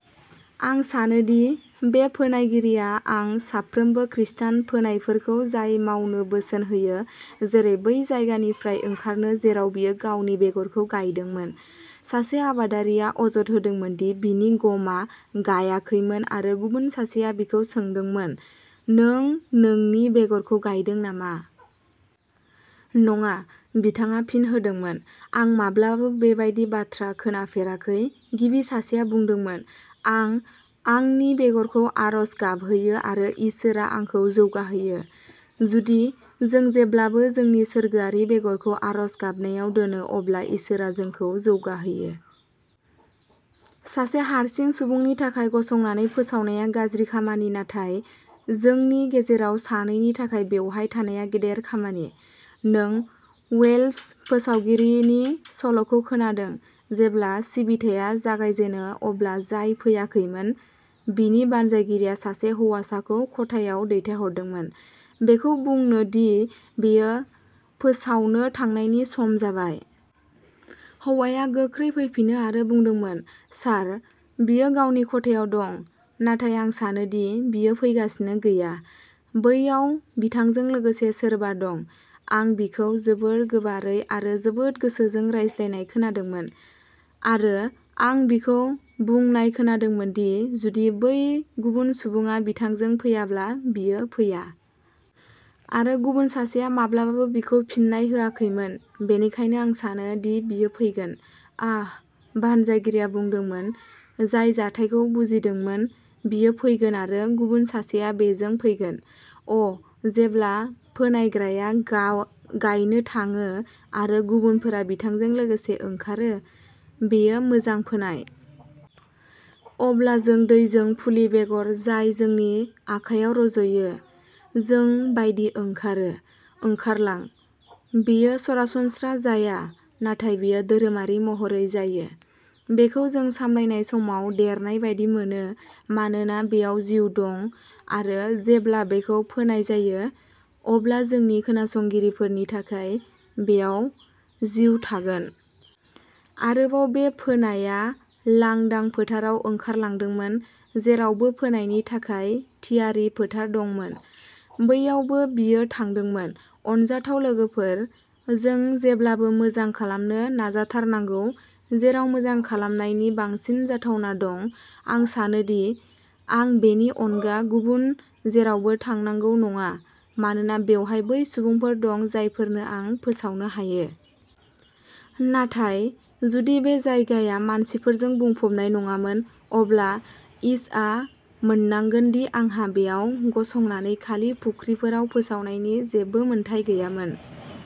आं सानो दि बे फोनायगिरिया आं साफ्रोमबो खृस्टान फोनायफोरखौ जाय मावनो बोसोन होयो, जेरै, बै जायगानिफ्राय ओंखारनो जेराव बियो गावनि बेगरखौ गायदोंमोन। सासे आबादारिया अजद होदोंमोन दि बिनि गमआ गायाखैमोन आरो गुबुन सासेया बिखौ सोंदोंमोन, "नों नोंनि बेगरखौ गायदों नामा? " "नङा", बिथाङा फिन होदोंमोन, "आं माब्लाबाबो बेबादि बाथ्रा खोनाफेराखै। " गिबि सासेया बुंदोंमोन, "आं आंनि बेगरखौ आर'ज गाबहोयो आरो इसोरआ आंखौ जौगाहोयो। " जुदि जों जेब्लाबो जोंनि सोरगोआरि बेगरखौ आर'ज गाबनायाव दोनो, अब्ला इसोरआ जोंखौ जौगाहोयो। सासे हारसिं सुबुंनि थाखाय गसंनानै फोसावनाया गाज्रि खामानि, नाथाय जोंनि गेजेराव सानैनि थाखाय बेवहाय थानाया गेदेर खामानि। नों वेल्श फोसावगिरिनि सल'खौ खोनादों। जेब्ला सिबिथाया जागायजेनो अब्ला जाय फैयाखैमोन, बिनि बानजायगिरिया सासे हौवासाखौ खथायाव दैथायहरदोंमोन बेखौ बुंनो दि बेयो फोसावनो थांनायनि सम जाबाय। हौवाया गोख्रै फैफिनो आरो बुंदोंमोन, "सार, बियो गावनि खथायाव दं, नाथाय आं सानो दि बियो फैगासिनो गैया। बैयाव बिथांजों लोगोसे सोरबा दं। आं बिखौ जोबोद गोबारै आरो जोबोद गोसोजों रायज्लायनाय खोनादोंमोन, आरो आं बिखौ बुंनाय खोनादोंमोन दि जुदि बै गुबुन सुबुङा बिथांजों फैयाब्ला, बियो फैया! आरो गुबुन सासेया माब्लाबाबो बिखौ फिननाय होआखैमोन, बेनिखायनो आं सानो दि बियो फैगोन। " "आह", बानजायगिरिया बुंदोंमोन, जाय जाथायखौ बुजिदोंमोन, "बियो फैगोन आरो गुबुन सासेआ बेजों फैगोन! " अ, जेब्ला फोनायग्राया गायनो थाङो आरो गुबुनफोरा बिथांजों लोगोसे ओंखारो, बेयो मोजां फोनाय! अब्ला जों दैजों फुलि, बेगर जाय जोंनि आखायाव रज'यो, जों बायदि ओंखारो! ओंखारलां! बेयो सरासनस्रा जाया, नाथाय बेयो धोरोमारि महरै जायो। बेखौ जों सामलायनाय समाव देरनाय बादि मोनो, मानोना बेयाव जिउ दं-आरो जेब्ला बेखौ फोनाय जायो, अब्ला जोंनि खोनासंगिरिफोरनि थाखाय बेयाव जिउ थागोन! आरोबाव, बे फोनायआ लांदां फोथाराव ओंखारलांदोंमोन। जेरावबो फोनायनि थाखाय थियारि फोथार दंमोन, बैयावबो बियो थांदोंमोन। अनजाथाव लोगोफोर, जों जेब्लाबो मोजां खालामनो नाजाथारनांगौ जेराव मोजां खालामनायनि बांसिन जाथावना दं। आं सानो दि आं बेनि अनगा गुबुन जेरावबो थांनांगौ नङा, मानोना बेवहाय बै सुबुंफोर दं जायफोरनो आं फोसावनो हायो। नाथाय जुदि बे जायगाया मानसिफोरजों बुंफबनाय नङामोन, अब्ला इश'आ मोननांगोन दि आंहा बेयाव गसंनानै खालि फुख्रिफोराव फोसावनायनि जेबो मोनथाय गैयामोन।